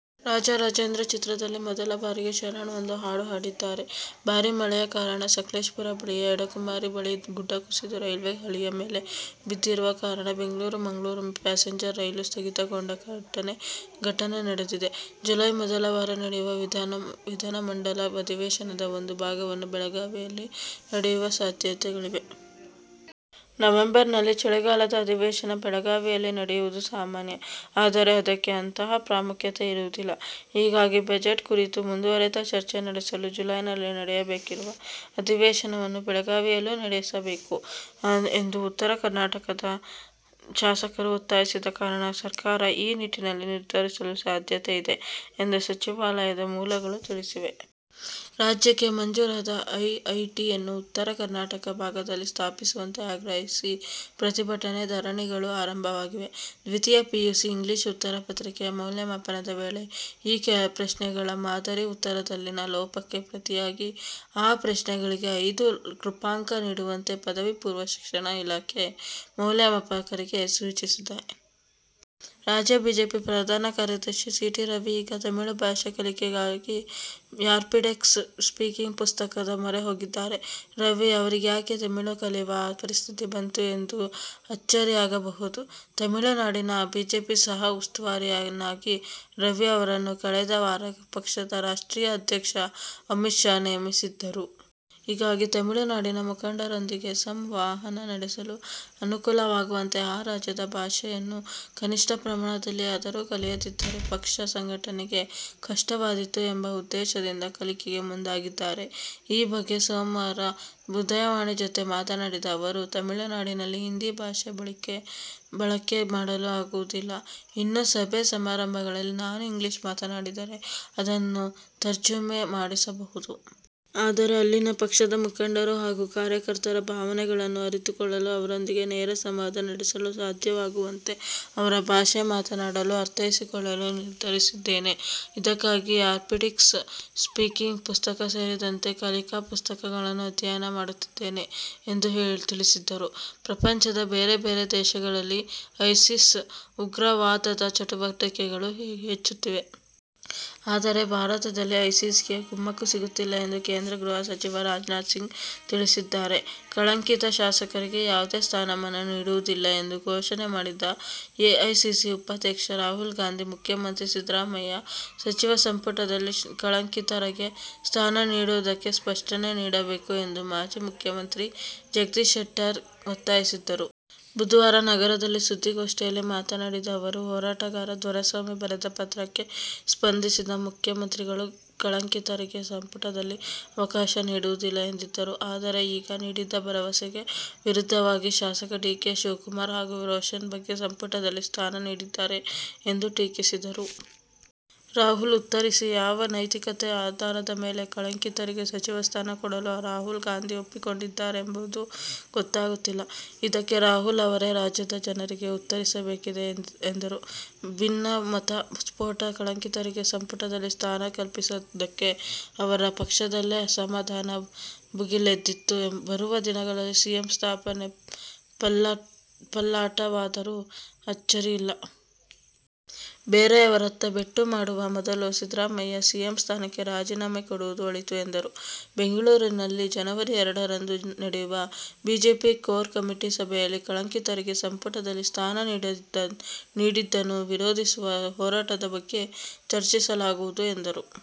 ರಾಜ ರಾಜೇಂದ್ರ' ಚಿತ್ರದಲ್ಲಿ ಮೊದಲ ಬಾರಿಗೆ ಶರಣ್ ಒಂದು ಹಾಡು ಹಾಡಿದ್ದಾರೆ. ಭಾರೀ ಮಳೆಯ ಕಾರಣ ಸಕೆಲೇಶಪುರ ಬಳಿಯ ಎಡಕುಮೇರಿ ಬಳಿ ಗುಡ್ಡ ಕುಸಿದು ರೈಲ್ವೇ ಹಳಿಯ ಮೇಲೆ ಬಿದ್ದಿರುವ ಕಾರಣ ಬೆಂಗಳೂರು -ಮಂಗಳೂರು ಪ್ಯಾಸೆಂಜರ್ ರೈಲು ಸ್ಥಗಿತಗೊಂಡ ಘಟನೆ ನಡೆದಿದೆ. ಜುಲೈ ಮೊದಲ ವಾರ ನಡೆಯುವ ವಿಧಾನಮಂಡಲ ಅಧಿವೇಶನದ ಒಂದು ಭಾಗವನ್ನು ಬೆಳಗಾವಿಯಲ್ಲಿ ನಡೆಯುವ ಸಾಧ್ಯತೆಗಳಿವೆ. ನವೆಂಬರ್ನಲ್ಲಿ ಚಳಿಗಾಲದ ಅಧಿವೇಶನ ಬೆಳಗಾವಿಯಲ್ಲಿ ನಡೆಯುವುದು ಸಾಮಾನ್ಯ. ಆದರೆ, ಅದಕ್ಕೆ ಅಂತಹ ಪ್ರಾಮುಖ್ಯತೆ ಇರುವುದಿಲ್ಲ. ಹೀಗಾಗಿ ಬಜೆಟ್ ಕುರಿತ ಮುಂದುವರೆದ ಚರ್ಚೆ ನಡೆಸಲು ಜುಲೈನಲ್ಲಿ ನಡೆಯಬೇಕಿರುವ ಅಧಿವೇಶನವನ್ನು ಬೆಳಗಾವಿಯಲ್ಲೂ ನಡೆಸಬೇಕು ಎಂದು ಉತ್ತರ ಕರ್ನಾಟಕದ ಶಾಸಕರು ಒತ್ತಾಯಿಸಿದ ಕಾರಣ ಸರ್ಕಾರ ಈ ನಿಟ್ಟಿನಲ್ಲಿ ನಿರ್ಧರಿಸುವ ಸಾಧ್ಯತೆಯಿದೆ ಎಂದು ಸಚಿವಾಲಯದ ಮೂಲಗಳು ತಿಳಿಸಿವೆ. ರಾಜ್ಯಕ್ಕೆ ಮಂಜೂರಾದ ಐಐಟಿಯನ್ನು ಉತ್ತರ ಕರ್ನಾಟಕ ಭಾಗದಲ್ಲಿ ಸ್ಥಾಪಿಸುವಂತೆ ಆಗ್ರಹಿಸಿ ಪ್ರತಿಭಟನೆ, ಧರಣಿಗಳು ಆರಂಭವಾಗಿವೆ. ದ್ವಿತೀಯ ಪಿಯುಸಿ ಇಂಗ್ಲೀಷ್ ಉತ್ತರ ಪತ್ರಿಕೆಯ ಮೌಲ್ಯಮಾಪನದ ವೇಳೆ ಕೆಲ ಪ್ರಶ್ನೆಗಳ ಮಾದರಿ ಉತ್ತರದಲ್ಲಿನ ಲೋಪಕ್ಕೆ ಪ್ರತಿಯಾಗಿ ಆ ಪ್ರಶ್ನೆಗಳಿಗೆ ಐದು ಕೃಪಾಂಕ ನೀಡುವಂತೆ ಪದವಿ ಪೂರ್ವ ಶಿಕ್ಷಣ ಇಲಾಖೆ ಮೌಲ್ಯಮಾಪಕರಿಗೆ ಸೂಚಿಸಿದೆ. ರಾಜ್ಯ ಬಿಜೆಪಿ ಪ್ರಧಾನ ಕಾರ್ಯದರ್ಶಿ ಸಿ. ಟಿ. ರವಿ ಈಗ ತಮಿಳು ಭಾಷೆ ಕಲಿಕೆಗಾಗಿ ರ್ಯಾಪಿಡೆಕ್ಸ್ ಸ್ಪೀಕಿಂಗ್ ಪುಸ್ತಕದ ಮೊರೆ ಹೋಗಿದ್ದಾರೆ. ರವಿ ಅವರಿಗ್ಯಾಕೆ ತಮಿಳು ಕಲಿವ ಪರಿಸ್ಥಿತಿ ಬಂತು ಎಂದು ಅಚ್ಚರಿಯಾಗಬಹುದು. ತಮಿಳುನಾಡಿನ ಬಿಜೆಪಿ ಸಹ ಉಸ್ತುವಾರಿಯನ್ನಾಗಿ ರವಿ ಅವರನ್ನು ಕಳೆದ ವಾರ ಪಕ್ಷದ ರಾಷ್ಟ್ರೀಯ ಅಧ್ಯಕ್ಷ ಅಮಿತ್ ಶಾ ನೇಮಿಸಿದ್ದರು. ಹೀಗಾಗಿ, ತಮಿಳುನಾಡಿನ ಮುಖಂಡರೊಂದಿಗೆ ಸಂವಹನ ನಡೆಸಲು ಅನುಕೂಲವಾಗುವಂತೆ ಆ ರಾಜ್ಯದ ಭಾಷೆಯನ್ನು ಕನಿಷ್ಠ ಪ್ರಮಾಣದಲ್ಲಿಯಾದರೂ ಕಲಿಯದಿದ್ದರೆ ಪಕ್ಷ ಸಂಘಟನೆಗೆ ಕಷ್ಟವಾದೀತು ಎಂಬ ಉದ್ದೇಶದಿಂದ ಕಲಿಕೆಗೆ ಮುಂದಾಗಿದ್ದಾರೆ. ಈ ಬಗ್ಗೆ ಸೋಮವಾರ ಉದಯವಾಣಿ' ಜತೆ ಮಾತನಾಡಿದ ಅವರು, ತಮಿಳುನಾಡಿನಲ್ಲಿ ಹಿಂದಿ ಭಾಷೆ ಬಳಕೆ ಮಾಡಲು ಆಗುವುದಿಲ್ಲ. ಇನ್ನು ಸಭೆ-ಸಮಾರಂಭಗಳಲ್ಲಿ ನಾನು ಇಂಗ್ಲಿಷ್ ಮಾತನಾಡಿದರೆ ಅದನ್ನು ತರ್ಜುಮೆ ಮಾಡಿಸಬಹುದು. ಆದರೆ, ಅಲ್ಲಿನ ಪಕ್ಷದ ಮುಖಂಡರು ಹಾಗೂ ಕಾರ್ಯಕರ್ತರ ಭಾವನೆಗಳನ್ನು ಅರಿತುಕೊಳ್ಳಲು ಅವರೊಂದಿಗೆ ನೇರ ಸಂವಾದ ನಡೆಸಲು ಸಾಧ್ಯವಾಗುವಂತೆ ಅವರ ಭಾಷೆ ಮಾತನಾಡಲು-ಅರ್ಥೈಸಿಕೊಳ್ಳಲು ನಿರ್ಧರಿಸಿದ್ದೇನೆ. ಇದಕ್ಕಾಗಿ ರ್ಯಾಪಿಡೆಕ್ಸ್ ಸ್ಪೀಕಿಂಗ್ ಪುಸ್ತಕ ಸೇರಿದಂತೆ ಕಲಿಕಾ ಪುಸ್ತಕಗಳನ್ನು ಅಧ್ಯಯನ ಮಾಡುತ್ತಿದ್ದೇನೆ ಎಂದು ತಿಳಿಸಿದರು. ಪ್ರಪಂಚದ ಬೇರೆ ಬೇರೆ ದೇಶಗಳಲ್ಲಿ ಐಸಿಸ್ ಉಗ್ರವಾದದ ಚಟುವಟಿಕೆಗಳು ಹೆಚ್ಚುತ್ತಿವೆ. ಆದರೆ, ಭಾರತದಲ್ಲಿ ಐಸಿಸ್ಗೆ ಕುಮ್ಮಕ್ಕು ಸಿಗುತ್ತಿಲ್ಲ ಎಂದು ಕೇಂದ್ರ ಗೃಹ ಸಚಿವ ರಾಜನಾಥ್ ಸಿಂಗ್ ತಿಳಿಸಿದ್ದಾರೆ. ಕಳಂಕಿತ ಶಾಸಕರಿಗೆ ಯಾವುದೇ ಸ್ಥಾನಮಾನ ನೀಡುವುದಿಲ್ಲ ಎಂದು ಘೋಷಣೆ ಮಾಡಿದ್ದ ಎಐಸಿಸಿ ಉಪಾಧ್ಯಕ್ಷ ರಾಹುಲ್ ಗಾಂಧಿ, ಮುಖ್ಯಮಂತ್ರಿ ಸಿದ್ದರಾಮಯ್ಯ ಸಚಿವ ಸಂಪುಟದಲ್ಲಿ ಕಳಂಕಿತರಿಗೆ ಸ್ಥಾನ ನೀಡಿರುವುದಕ್ಕೆ ಸ್ಪಷ್ಟನೆ ನೀಡಬೇಕು ಎಂದು ಮಾಜಿ ಮುಖ್ಯಮಂತ್ರಿ ಜಗದೀಶ ಶೆಟ್ಟರ್ ಒತ್ತಾಯಿಸಿದರು. ಬುಧವಾರ ನಗರದಲ್ಲಿ ಸುದ್ದಿಗೋಷ್ಠಿಯಲ್ಲಿ ಮಾತನಾಡಿದ ಅವರು, ಹೋರಾಟಗಾರ ದೊರೆಸ್ವಾಮಿ ಬರೆದ ಪತ್ರಕ್ಕೆ ಸ್ಪಂದಿಸಿದ ಮುಖ್ಯಮಂತ್ರಿಗಳು ಕಳಂಕಿತರಿಗೆ ಸಂಪುಟದಲ್ಲಿ ಅವಕಾಶ ನೀಡುವುದಿಲ್ಲ ಎಂದಿದ್ದರು. ಆದರೆ, ಈಗ ನೀಡಿದ್ದ ಭರವಸೆಗೆ ವಿರುದ್ಧವಾಗಿ ಶಾಸಕ ಡಿ. ಕೆ. ಶಿವಕುಮಾರ್ ಹಾಗೂ ರೋಷನ್ ಬೇಗ್ಗೆ ಸಂಪುಟದಲ್ಲಿ ಸ್ಥಾನ ನೀಡಿದ್ದಾರೆ ಎಂದು ಟೀಕಿಸಿದರು. ರಾಹುಲ್ ಉತ್ತರಿಸಿ: ಯಾವ ನೈತಿಕತೆ ಆಧಾರದ ಮೇಲೆ ಕಳಂಕಿತರಿಗೆ ಸಚಿವ ಸ್ಥಾನ ಕೊಡಲು ರಾಹುಲ್ ಗಾಂಧಿ ಒಪ್ಪಿಕೊಂಡಿದ್ದಾರೆಂಬುದು ಗೊತ್ತಾಗುತ್ತಿಲ್ಲ. ಇದಕ್ಕೆ ರಾಹುಲ್ ಅವರೇ ರಾಜ್ಯದ ಜನರಿಗೆ ಉತ್ತರಿಸಬೇಕಿದೆ ಎಂದರು. ಭಿನ್ನಮತ ಸ್ಫೋಟ: ಕಳಂಕಿತರಿಗೆ ಸಂಪುಟದಲ್ಲಿ ಸ್ಥಾನ ಕಲ್ಪಿಸಿದ್ದಕ್ಕೆ ಅವರ ಪಕ್ಷದಲ್ಲೇ ಅಸಮಾಧಾನ ಭುಗಿಲೆದ್ದಿದ್ದು, ಬರುವ ದಿನಗಳಲ್ಲಿ ಸಿಎಂ ಸ್ಥಾನವೇ ಪಲ್ಲಟವಾದರೂ ಅಚ್ಚರಿಯಿಲ್ಲ. ಬೇರೆಯವರತ್ತ ಬೆಟ್ಟು ಮಾಡುವ ಮೊದಲು ಸಿದ್ದರಾಮಯ್ಯ, ಸಿಎಂ ಸ್ಥಾನಕ್ಕೆ ರಾಜೀನಾಮೆ ಕೊಡುವುದು ಒಳಿತು ಎಂದರು. ಬೆಂಗಳೂರಿನಲ್ಲಿ ಜನವರಿ ಎರಡರಂದು ನಡೆಯುವ ಬಿಜೆಪಿ ಕೋರ್ ಕಮಿಟಿ ಸಭೆಯಲ್ಲಿ ಕಳಂಕಿತರಿಗೆ ಸಂಪುಟದಲ್ಲಿ ಸ್ಥಾನ ನೀಡಿದ್ದನ್ನು ವಿರೋಧಿಸಿಸುವ ಹೋರಾಟದ ಬಗ್ಗೆ ಚರ್ಚಿಸಲಾಗುವುದು ಎಂದರು.